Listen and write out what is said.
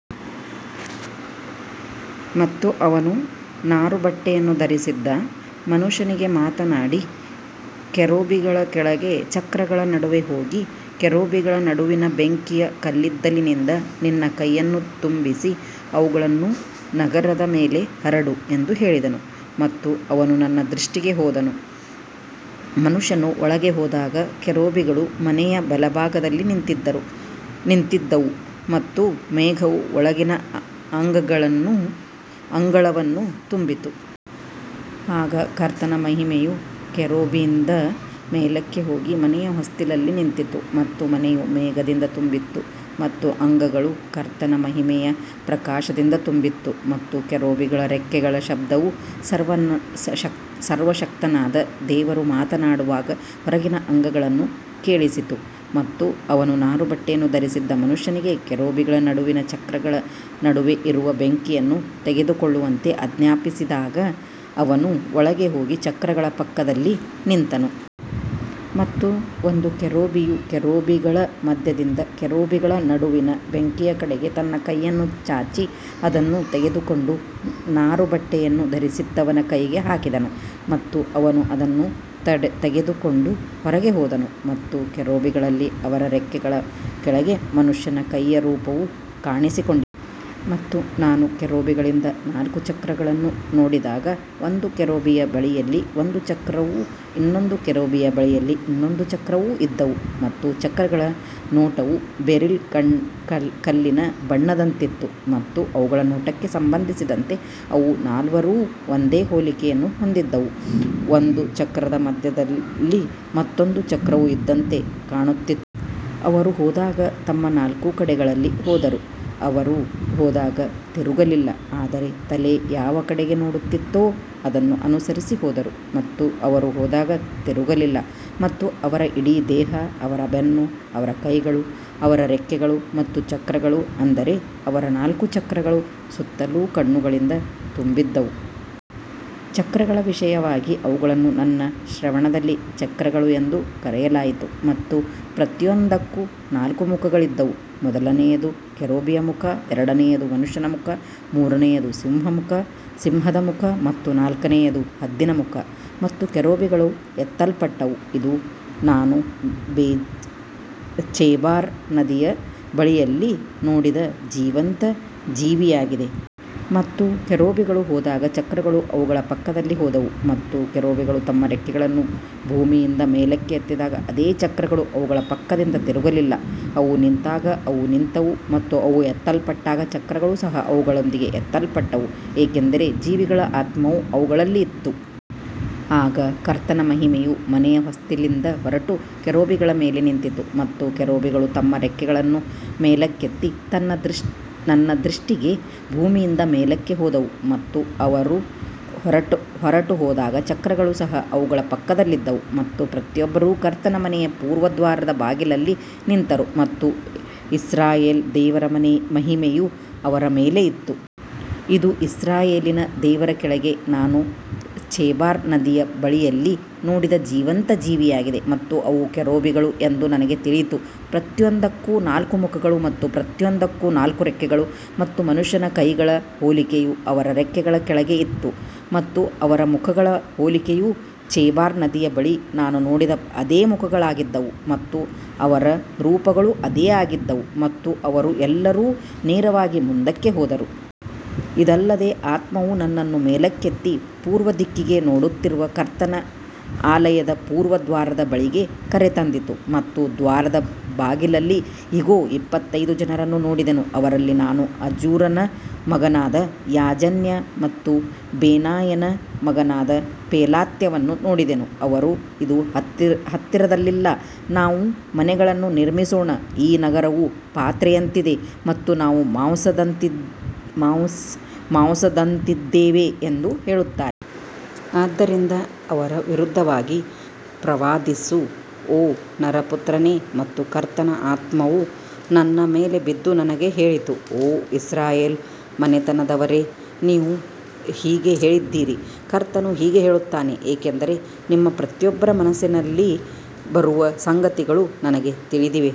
ಮತ್ತು ಅವನು ನಾರುಬಟ್ಟೆಯನ್ನು ಧರಿಸಿದ್ದ ಮನುಷ್ಯನಿಗೆ ಮಾತನಾಡಿ, ಕೆರೂಬಿಗಳ ಕೆಳಗೆ ಚಕ್ರಗಳ ನಡುವೆ ಹೋಗಿ, ಕೆರೂಬಿಗಳ ನಡುವಿನ ಬೆಂಕಿಯ ಕಲ್ಲಿದ್ದಲಿನಿಂದ ನಿನ್ನ ಕೈಯನ್ನು ತುಂಬಿಸಿ ಅವುಗಳನ್ನು ನಗರದ ಮೇಲೆ ಹರಡು ಎಂದು ಹೇಳಿದನು ಮತ್ತು ಅವನು ನನ್ನ ದೃಷ್ಟಿಗೆ ಹೋದನು. ಮನುಷ್ಯನು ಒಳಗೆ ಹೋದಾಗ ಕೆರೂಬಿಗಳು ಮನೆಯ ಬಲಭಾಗದಲ್ಲಿ ನಿಂತಿದ್ದವು ಮತ್ತು ಮೇಘವು ಒಳಗಿನ ಅಂಗಳವನ್ನು ತುಂಬಿತು. ಆಗ ಕರ್ತನ ಮಹಿಮೆಯು ಕೆರೂಬಿಯಿಂದ ಮೇಲಕ್ಕೆ ಹೋಗಿ ಮನೆಯ ಹೊಸ್ತಿಲಲ್ಲಿ ನಿಂತಿತು ಮತ್ತು ಮನೆಯು ಮೇಘದಿಂದ ತುಂಬಿತ್ತು ಮತ್ತು ಅಂಗಳವು ಕರ್ತನ ಮಹಿಮೆಯ ಪ್ರಕಾಶದಿಂದ ತುಂಬಿತ್ತು. ಮತ್ತು ಕೆರೂಬಿಗಳ ರೆಕ್ಕೆಗಳ ಶಬ್ದವು ಸರ್ವಶಕ್ತನಾದ ದೇವರು ಮಾತನಾಡುವಾಗ ಹೊರಗಿನ ಅಂಗಳಕ್ಕೆ ಕೇಳಿಸಿತು. ಮತ್ತು ಅವನು ನಾರುಬಟ್ಟೆಯನ್ನು ಧರಿಸಿದ್ದ ಮನುಷ್ಯನಿಗೆ ಕೆರೂಬಿಗಳ ನಡುವಿನ ಚಕ್ರಗಳ ನಡುವೆ ಇರುವ ಬೆಂಕಿಯನ್ನು ತೆಗೆದುಕೊಳ್ಳುವಂತೆ ಆಜ್ಞಾಪಿಸಿದಾಗ ಅವನು ಒಳಗೆ ಹೋಗಿ ಚಕ್ರಗಳ ಪಕ್ಕದಲ್ಲಿ ನಿಂತನು. ಮತ್ತು ಒಂದು ಕೆರೂಬಿಯು ಕೆರೂಬಿಗಳ ಮಧ್ಯದಿಂದ ಕೆರೂಬಿಗಳ ನಡುವಿನ ಬೆಂಕಿಯ ಕಡೆಗೆ ತನ್ನ ಕೈಯನ್ನು ಚಾಚಿ ಅದನ್ನು ತೆಗೆದುಕೊಂಡು ನಾರುಬಟ್ಟೆಯನ್ನು ಧರಿಸಿದ್ದವನ ಕೈಗೆ ಹಾಕಿದನು ಮತ್ತು ಅವನು ಅದನ್ನು ತೆಗೆದುಕೊಂಡು ಹೊರಗೆ ಹೋದನು. ಮತ್ತು ಕೆರೂಬಿಗಳಲ್ಲಿ ಅವರ ರೆಕ್ಕೆಗಳ ಕೆಳಗೆ ಮನುಷ್ಯನ ಕೈಯ ರೂಪವು ಕಾಣಿಸಿಕೊಂಡಿತು. ಮತ್ತು ನಾನು ಕೆರೂಬಿಗಳಿಂದ ನಾಲ್ಕು ಚಕ್ರಗಳನ್ನು ನೋಡಿದಾಗ, ಒಂದು ಕೆರೂಬಿಯ ಬಳಿಯಲ್ಲಿ ಒಂದು ಚಕ್ರವೂ ಇನ್ನೊಂದು ಕೆರೂಬಿಯ ಬಳಿಯಲ್ಲಿ ಇನ್ನೊಂದು ಚಕ್ರವೂ ಇದ್ದವು ಮತ್ತು ಚಕ್ರಗಳ ನೋಟವು ಬೆರಿಲ್ ಕಲ್ಲಿನ ಬಣ್ಣದಂತಿತ್ತು. ಮತ್ತು ಅವುಗಳ ನೋಟಕ್ಕೆ ಸಂಬಂಧಿಸಿದಂತೆ ಅವು ನಾಲ್ವರೂ ಒಂದೇ ಹೋಲಿಕೆಯನ್ನು ಹೊಂದಿದ್ದವು, ಒಂದು ಚಕ್ರದ ಮಧ್ಯದಲ್ಲಿ ಮತ್ತೊಂದು ಚಕ್ರವು ಇದ್ದಂತೆ ಕಾಣುತ್ತಿತ್ತು. ಅವರು ಹೋದಾಗ ತಮ್ಮ ನಾಲ್ಕು ಕಡೆಗಳಲ್ಲಿ ಹೋದರು, ಅವರು ಹೋದಾಗ ತಿರುಗಲಿಲ್ಲ, ಆದರೆ ತಲೆ ಯಾವ ಕಡೆಗೆ ನೋಡುತ್ತಿತ್ತೋ ಅದನ್ನು ಅನುಸರಿಸಿ ಹೋದರು ಮತ್ತು ಅವರು ಹೋದಾಗ ತಿರುಗಲಿಲ್ಲ. ಮತ್ತು ಅವರ ಇಡೀ ದೇಹ, ಅವರ ಬೆನ್ನು, ಅವರ ಕೈಗಳು, ಅವರ ರೆಕ್ಕೆಗಳು ಮತ್ತು ಚಕ್ರಗಳು, ಅಂದರೆ ಅವರ ನಾಲ್ಕು ಚಕ್ರಗಳು, ಸುತ್ತಲೂ ಕಣ್ಣುಗಳಿಂದ ತುಂಬಿದ್ದವು. ಚಕ್ರಗಳ ವಿಷಯವಾಗಿ ಅವುಗಳನ್ನು ನನ್ನ ಶ್ರವಣದಲ್ಲಿ ಚಕ್ರಗಳು ಎಂದು ಕರೆಯಲಾಯಿತು. ಮತ್ತು ಪ್ರತಿಯೊಂದಕ್ಕೂ ನಾಲ್ಕು ಮುಖಗಳಿದ್ದವು, ಮೊದಲನೆಯದು ಕೆರೂಬಿಯ ಮುಖ, ಎರಡನೆಯದು ಮನುಷ್ಯನ ಮುಖ, ಮೂರನೆಯದು ಸಿಂಹದ ಮುಖ ಮತ್ತು ನಾಲ್ಕನೆಯದು ಹದ್ದಿನ ಮುಖ. ಮತ್ತು ಕೆರೂಬಿಗಳು ಎತ್ತಲ್ಪಟ್ಟವು. ಇದು ನಾನು ಚೆಬಾರ್ ನದಿಯ ಬಳಿಯಲ್ಲಿ ನೋಡಿದ ಜೀವಂತ ಜೀವಿಯಾಗಿದೆ. ಮತ್ತು ಕೆರೂಬಿಗಳು ಹೋದಾಗ ಚಕ್ರಗಳು ಅವುಗಳ ಪಕ್ಕದಲ್ಲಿ ಹೋದವು ಮತ್ತು ಕೆರೂಬಿಗಳು ತಮ್ಮ ರೆಕ್ಕೆಗಳನ್ನು ಭೂಮಿಯಿಂದ ಮೇಲಕ್ಕೆ ಎತ್ತಿದಾಗ ಅದೇ ಚಕ್ರಗಳು ಅವುಗಳ ಪಕ್ಕದಿಂದ ತಿರುಗಲಿಲ್ಲ. ಅವು ನಿಂತಾಗ ಅವು ನಿಂತವು ಮತ್ತು ಅವು ಎತ್ತಲ್ಪಟ್ಟಾಗ ಚಕ್ರಗಳು ಸಹ ಅವುಗಳೊಂದಿಗೆ ಎತ್ತಲ್ಪಟ್ಟವು, ಏಕೆಂದರೆ ಜೀವಿಗಳ ಆತ್ಮವು ಅವುಗಳಲ್ಲಿ ಇತ್ತು. ಆಗ ಕರ್ತನ ಮಹಿಮೆಯು ಮನೆಯ ಹೊಸ್ತಿಲಿಂದ ಹೊರಟು ಕೆರೂಬಿಗಳ ಮೇಲೆ ನಿಂತಿತು. ಮತ್ತು ಕೆರೂಬಿಗಳು ತಮ್ಮ ರೆಕ್ಕೆಗಳನ್ನು ಮೇಲಕ್ಕೆತ್ತಿ ನನ್ನ ದೃಷ್ಟಿಗೆ ಭೂಮಿಯಿಂದ ಮೇಲಕ್ಕೆ ಹೋದವು ಮತ್ತು ಅವರು ಹೊರಟುಹೋದಾಗ ಚಕ್ರಗಳು ಸಹ ಅವುಗಳ ಪಕ್ಕದಲ್ಲಿದ್ದವು. ಮತ್ತು ಪ್ರತಿಯೊಬ್ಬರೂ ಕರ್ತನ ಮನೆಯ ಪೂರ್ವ ದ್ವಾರದ ಬಾಗಿಲಲ್ಲಿ ನಿಂತರು ಮತ್ತು ಇಸ್ರಾಯೇಲ್ ದೇವರ ಮಹಿಮೆಯು ಅವರ ಮೇಲೆ ಇತ್ತು. ಇದು ಇಸ್ರಾಯೇಲಿನ ದೇವರ ಕೆಳಗೆ ನಾನು ಚೆಬಾರ್ ನದಿಯ ಬಳಿಯಲ್ಲಿ ನೋಡಿದ ಜೀವಂತ ಜೀವಿಯಾಗಿದೆ ಮತ್ತು ಅವು ಕೆರೂಬಿಗಳು ಎಂದು ನನಗೆ ತಿಳಿಯಿತು. ಪ್ರತಿಯೊಂದಕ್ಕೂ ನಾಲ್ಕು ಮುಖಗಳು ಮತ್ತು ಪ್ರತಿಯೊಂದಕ್ಕೂ ನಾಲ್ಕು ರೆಕ್ಕೆಗಳು ಮತ್ತು ಮನುಷ್ಯನ ಕೈಗಳ ಹೋಲಿಕೆಯು ಅವರ ರೆಕ್ಕೆಗಳ ಕೆಳಗೆ ಇತ್ತು. ಮತ್ತು ಅವರ ಮುಖಗಳ ಹೋಲಿಕೆಯು ಚೆಬಾರ್ ನದಿಯ ಬಳಿ ನಾನು ನೋಡಿದ ಅದೇ ಮುಖಗಳಾಗಿದ್ದವು ಮತ್ತು ಅವರ ರೂಪಗಳೂ ಅದೇ ಆಗಿದ್ದವು ಮತ್ತು ಅವರು ಎಲ್ಲರೂ ನೇರವಾಗಿ ಮುಂದಕ್ಕೆ ಹೋದರು. ಇದಲ್ಲದೆ ಆತ್ಮವು ನನ್ನನ್ನು ಮೇಲಕ್ಕೆತ್ತಿ ಪೂರ್ವ ದಿಕ್ಕಿಗೆ ನೋಡುತ್ತಿರುವ ಕರ್ತನ ಆಲಯದ ಪೂರ್ವ ದ್ವಾರದ ಬಳಿಗೆ ಕರೆತಂದಿತು ಮತ್ತು ದ್ವಾರದ ಬಾಗಿಲಲ್ಲಿ ಇಗೋ, ಇಪ್ಪತ್ತೈದು ಜನರನ್ನು ನೋಡಿದೆನು. ಅವರಲ್ಲಿ ನಾನು ಅಜೂರನ ಮಗನಾದ ಯಾಜನ್ಯ ಮತ್ತು ಬೆನಾಯನ ಮಗನಾದ ಪೆಲಾತ್ಯನನ್ನು ನೋಡಿದೆನು. ಅವರು, ಇದು ಹತ್ತಿರದಲ್ಲಿಲ್ಲ, ನಾವು ಮನೆಗಳನ್ನು ನಿರ್ಮಿಸೋಣ, ಈ ನಗರವು ಪಾತ್ರೆಯಂತಿದೆ ಮತ್ತು ನಾವು ಮಾಂಸದಂತಿದ್ದೇವೆ ಎಂದು ಹೇಳುತ್ತಾರೆ. ಆದ್ದರಿಂದ ಅವರ ವಿರುದ್ಧವಾಗಿ ಪ್ರವಾದಿಸು, ಓ ನರಪುತ್ರನೇ. ಮತ್ತು ಕರ್ತನ ಆತ್ಮವು ನನ್ನ ಮೇಲೆ ಬಿದ್ದು ನನಗೆ ಹೇಳಿತು, ಓ ಇಸ್ರಾಯೇಲ್ ಮನೆತನದವರೇ, ನೀವು ಹೀಗೆ ಹೇಳಿದ್ದೀರಿ. ಕರ್ತನು ಹೀಗೆ ಹೇಳುತ್ತಾನೆ, ಏಕೆಂದರೆ ನಿಮ್ಮ ಪ್ರತಿಯೊಬ್ಬರ ಮನಸ್ಸಿನಲ್ಲಿ ಬರುವ ಸಂಗತಿಗಳು ನನಗೆ ತಿಳಿದಿವೆ.